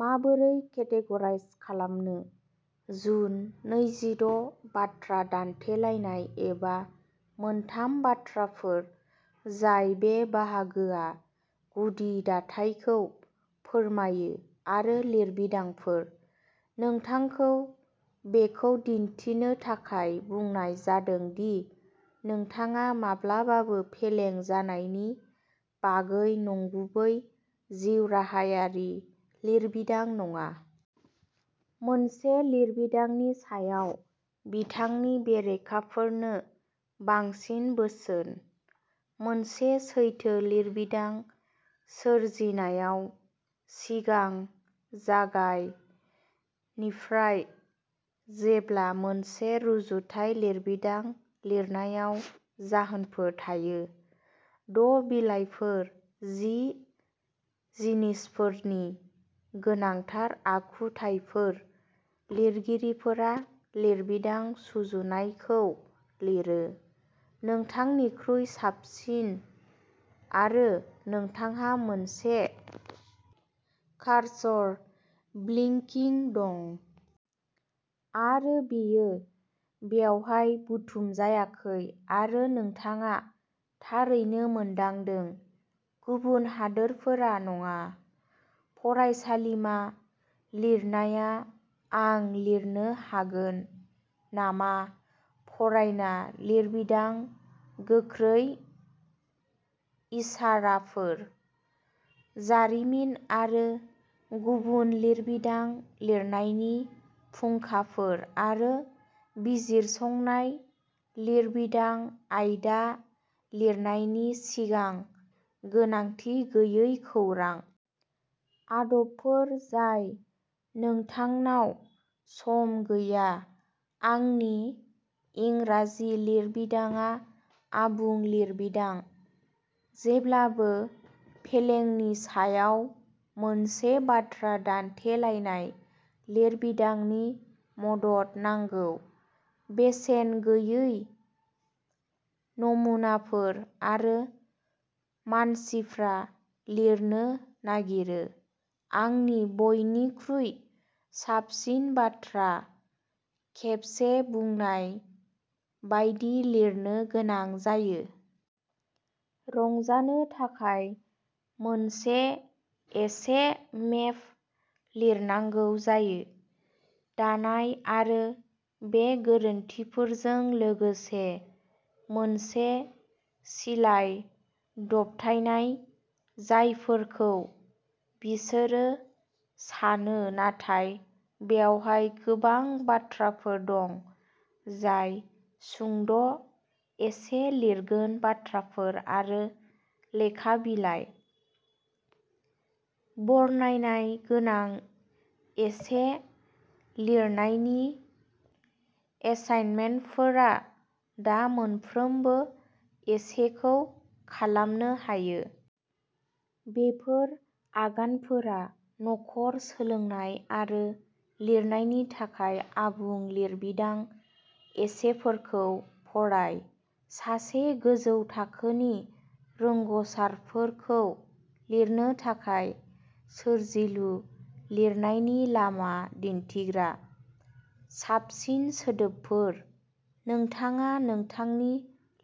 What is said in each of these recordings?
माबोरै केटेगराइज खालामनो। जुन नैजिद' बाथ्रा दान्थेलायनाय एबा मोनथाम बाथ्राफोर जाय बे बाहागोआ गुदि दाथायखौ फोरमायो, आरो लिरबिदांफोर। नोंथांखौ बेखौ दिन्थिनो थाखाय बुंनाय जादों दि नोंथाङा माब्लाबाबो फेलें जानायनि बागै नंगुबै जिउराहायारि लिरबिदां नङा। मोनसे लिरबिदांनि सायाव बिथांनि बेरेखाफोरनो बांसिन बोसोन। मोनसे सैथो लिरबिदां सोरजिनायाव सिगां जागाय, निफ्राय जेब्ला मोनसे रुजुथाय लिरबिदां लिरनायाव जाहोनफोर थायो। द' बिलाइफोर जि जिनिसफोरनि गोनांथार आखुथायफोर लिरगिरिफोरा लिरबिदां सुजुनायखौ लिरो। नोंथांनिख्रुइ साबसिन आरो नोंथांहा मोनसे कार्सर ब्लिंकिं दं। आरो बेयो बेवहाय बुथुमजायाखै आरो नोंथाङा थारैनो मोनदांदों, गुबुन हादोरफोरा नङा। फरायसालिमा लिरनाया आं लिरनो हागोन नामा फरायना लिरबिदां गोख्रै इसाराफोर। जारिमिन आरो गुबुन लिरबिदां लिरनायनि फुंखाफोर आरो बिजिरसंनाय लिरबिदां आयदा लिरनायनि सिगां गोनांथि गैयै खौरां। आदबफोर जाय नोंथांनाव सम गैया आंनि इंराजि लिरबिदांआ आबुं लिरबिदां। जेब्लाबो फेलेंनि सायाव मोनसे बाथ्रा दान्थेलायनाय लिरबिदांनि मदद नांगौ। बेसेन गैयै नमुनाफोर आरो मानसिफ्रा लिरनो नागिरो। आंनि बयनिख्रुइ साबसिन बाथ्रा। खेबसे बुंनाय बायदि लिरनो गोनां जायो। रंजानो थाखाय मोनसे एसे मेप लिरनांगौ जायो। दानाय आरो बे गोरोन्थिफोरजों लोगोसे मोनसे सिलाइ दबथायनाय जायफोरखौ बिसोरो सानो नाथाय बेवहाय गोबां बाथ्राफोर दं जाय सुंद' एसे लिरगोन बाथ्राफोर आरो लेखा बिलाइ। बरनायनाय गोनां एसे लिरनायनि एसाइनमेन्टफोरा दा मोनफ्रोमबो एसेखौ खालामनो हायो। बेफोर आगानफोरा न'खर सोलोंनाय आरो लिरनायनि थाखाय आबुं लिरबिदां एसेफोरखौ फराय। सासे गोजौ थाखोनि रोंग'सारफोरखौ लिरनो थाखाय सोरजिलु लिरनायनि लामा दिन्थिग्रा। साबसिन सोदोबफोर, नोंथाङा नोंथांनि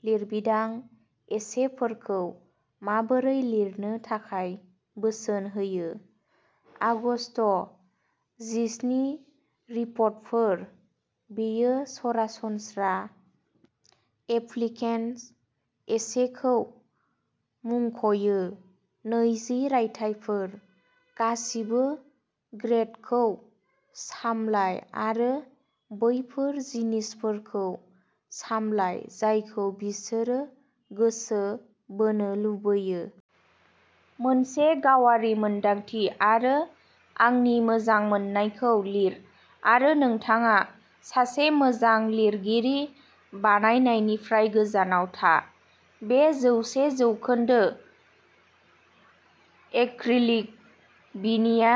लिरबिदां एसेफोरखौ माबोरै लिरनो थाखाय बोसोन होयो। आगस्त जिस्नि रिपर्टफोर, बेयो सरासनस्रा एप्लिकेसन एसेखौ मुंख'यो नैजि रायथाइफोर, गासिबो ग्रेडखौ सामलाय आरो बैफोर जिनिसफोरखौ सामलाय जायखौ बिसोरो गोसो बोनो लुबैयो? मोनसे गावारि मोन्दांथि आरो आंनि मोजां मोननायखौ लिर आरो नोंथाङा सासे मोजां लिरगिरि बानायनायनिफ्राय गोजानाव था। बे जौसे जौखोन्दो एक्रिलिक बिनिया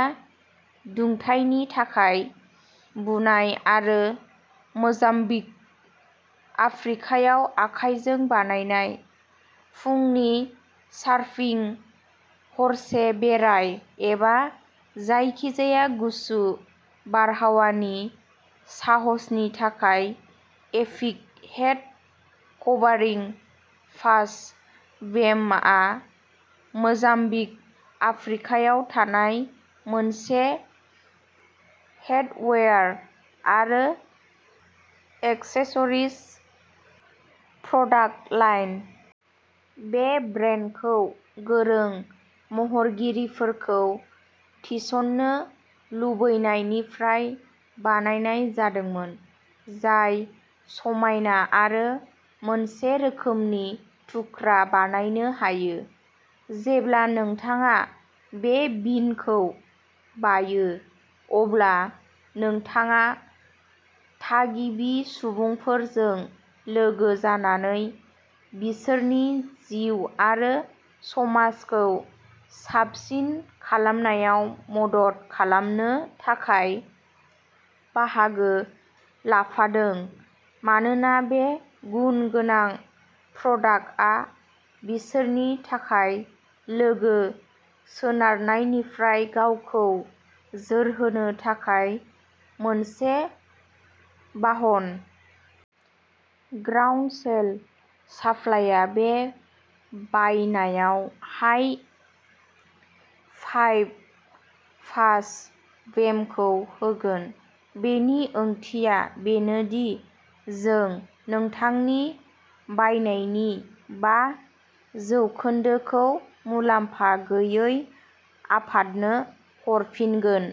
दुंथायनि थाखाय बुनाय आरो मोजाम्बिक, आफ्रिकायाव आखाइजों बानायनाय। फुंनि सार्फिं, हरसे बेराय एबा जायखिजाया गुसु बारहावानि साहसनि थाखाय एपिक हेड कभारिं फाज बेमआ मोजाम्बिक आफ्रिकायाव थानाय मोनसे हेडवेयार आरो एक्सेसरिज प्रडाक्ट लाइन। बे ब्रान्डखौ गोरों महरगिरिफोरखौ थिसन्नो लुबैनायनिफ्राय बानायनाय जादोंमोन, जाय समायना आरो मोनसे रोखोमनि थुख्रा बानायनो हायो। जेब्ला नोंथाङा बे बिनखौ बायो, अब्ला नोंथाङा थागिबि सुबुंफोरजों लोगो जानानै बिसोरनि जिउ आरो समाजखौ साबसिन खालामनायाव मदद खालामनो थाखाय बाहागो लाफादों मानोना बे गुन गोनां प्रडाक्टआ बिसोरनि थाखाय लोगो सोनारनायनिफ्राय गावखौ जोरहोनो थाखाय मोनसे बाहन। ग्राउन्डस्वेल साप्लायआ बे बायनायाव हाइ फाइभ फाज बेमखौ होगोन, बेनि ओंथिया बेनो दि जों नोंथांनि बायनायनि बा जौखोन्दोखौ मुलाम्फा गैयै आफादनो हरफिनगोन।